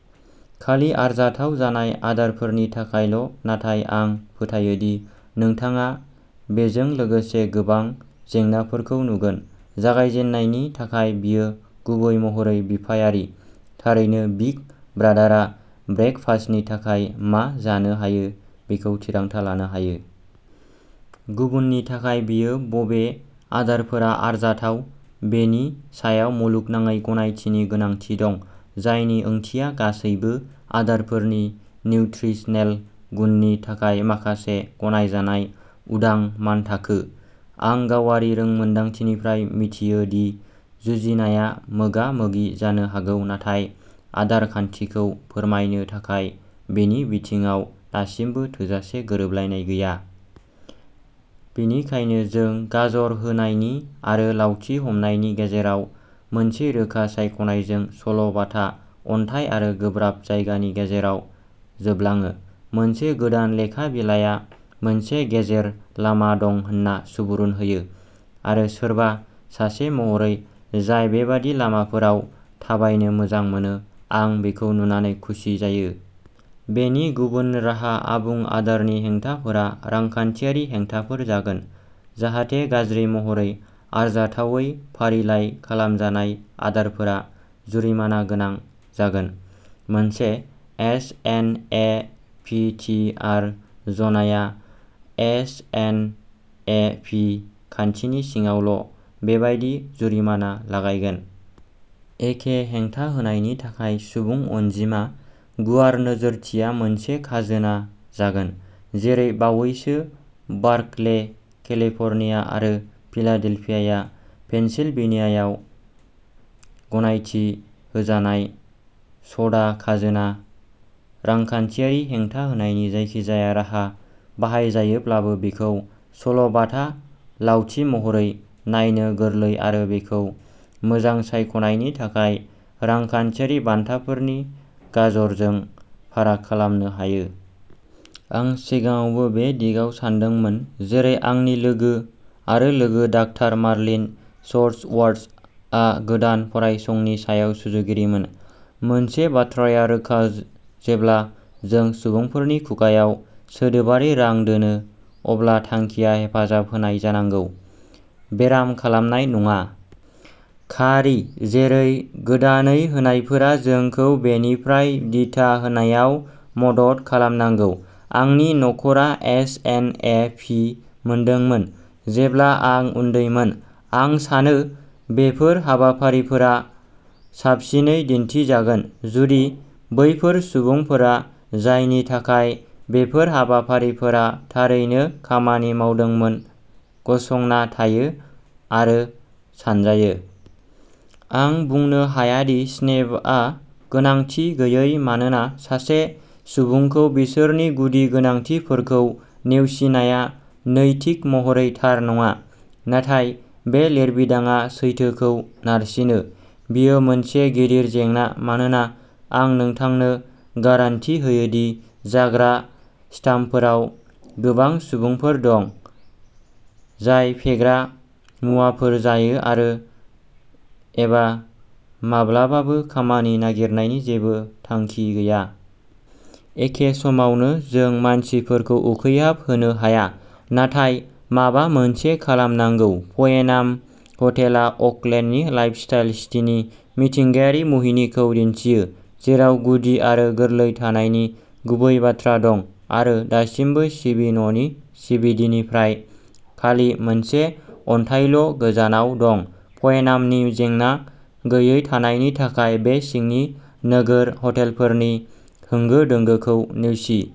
खालि आरजाथाव जानाय आदारफोरनि थाखायल'। नाथाय आं फोथायो दि नोंथाङा बेजों लोगोसे गोबां जेंनाफोरखौ नुगोन। जागायजेननायनि थाखाय बेयो गुबै महरै बिफायारि। थारैनो बिग ब्रादारआ ब्रेकफास्टनि थाखाय मा जानो हायो बेखौ थिरांथा लानो हायो। गुबुननि थाखाय बेयो बबे आदारफोरा आरजाथाव बेनि सायाव मुलुगनाङै गनायथिनि गोनांथि दं, जायनि ओंथिया गासैबो आदारफोरनि निउट्रिसनेल गुननि थाखाय माखासे गनायजानाय उदां मानथाखो। आं गावारि रोंमोनदांथिनिफ्राय मिथियो दि जुजिनाया मोगामोगि जानो हागौ नाथाय आदार खान्थिखौ फोरमायनो थाखाय बे बिथिङाव दासिमबो थोजासे गोरोबलायनाय गैया। बेनिखायनो जों गाजर होनायनि, आरो लावथि हमनायनि गेजेराव मोनसे रोखा सायख'नायजों, सल'-बाथा अनथाइ आरो गोब्राब जायगानि गेजेराव जोबलाङो। मोनसे गोदान लेखा बिलाइआ मोनसे गेजेर लामा दं होनना सुबुरुन होयो, आरो सोरबा सासे महरै जाय बेबादि लामाफोराव थाबायनो मोजां मोनो आं बेखौ नुनानै खुसि जायो। बेनि गुबुन राहा आबुं आदारनि हेंथाफोरा रांखान्थियारि हेंथाफोर जागोन, जाहाथे' गाज्रि महरै आरजाथावै फारिलाइ खालामजानाय आदारफोरा जुरिमाना गोनां जागोन। मोनसे S N A P T R जनाया एस एन ए पि खान्थिनि सिङावल' बेबादि जुरिमाना लागायगोन। एखे हेंथा होनायनि थाखाय सुबुं अनजिमा गुवार नोजोरथिया मोनसे खाजोना जागोन जेरै बावैसो बार्कले, केलिफर्निया आरो फिलाडेल्फिया, पेनसिलभेनियायाव गनायथि होजानाय स'डा खाजोना। रांखान्थियारि हेंथा होनायनि जायखिजाया राहा बाहायजायोब्लाबो, बेखौ सल'-बाथा लावथि महरै नायनो गोरलै, आरो बेखौ मोजां सायख'नायनि थाखाय रांखान्थियारि बान्थाफोरनि गाजरजों फाराग खालामनो हायो। आं सिगाङावबो बे दिगाव सानदोंमोन, जेरै आंनि लोगो आरो लोगो, डाक्टार मार्लिन शर्सउजआ, गोदान फरायसंनि सायाव सुजुगिरिमोन। मोनसे बाथ्राया रोखा। जेब्ला जों सुबुंफोरनि खुगाआव सोदोबारि रां दोनो, अब्ला थांखिया हेफाजाब होनाय जानांगौ, बेराम खालामनाय नङा। खारि, जेरै गोदानै होनायफोरा, जोंखौ बेनिफ्राय दिथा होनायाव मदद खालामनांगौ। आंनि नखरा एस एन ए पि मोनदोंमोन जेब्ला आं उन्दैमोन। आं सानो बेफोर हाबाफारिफोरा साबसिनै दिन्थिजागोन जुदि बैफोर सुबुंफोरा जायनि थाखाय बेफोर हाबाफारिफोरा थारैनो खामानि मावदोंमोन गसंना थायो आरो सानजायो। आं बुंनो हाया दि स्नेपआ गोनांथि गैयै, मानोना सासे सुबुंखौ बिसोरनि गुदि गोनांथिफोरखौ नेवसिनाया नैतिक महरै थार नङा। नाथाय बे लिरबिदांआ सैथोखौ नारसिनो। बेयो मोनसे गिदिर जेंना मानोना आं नोंथांनो गारान्टि होयो दि जाग्रा स्टाम्पफोराव गोबां सुबुंफोर दं जाय फेग्रा मुवाफोर जायो आरो एबा माब्लाबाबो खामानि नागिरनायनि जेबो थांखि गैया। एखे समावनो जों मानसिफोरखौ उखैहाबनो होनो हाया नाथाय माबा मोनसे खालामनांगौ। पयेनाम' हटेलआ अकलेन्डनि "लाइफस्टाइल सिटी" नि मिथिंगायारि मुहिनिखौ दिन्थियो, जेराव गुदि आरो गोरलै थानायनि गुबै बाथ्रा दं आरो दासिमबो सिबिननि सिबिडिनिफ्राय खालि मोनसे अन्थाइल'गोजानाव दं पयेनाम'नि जेंना गैयै थानायनि थाखाय बे सिंनि नोगोर हटेलफोरनि होंगो दोंगोखौ नेवसि।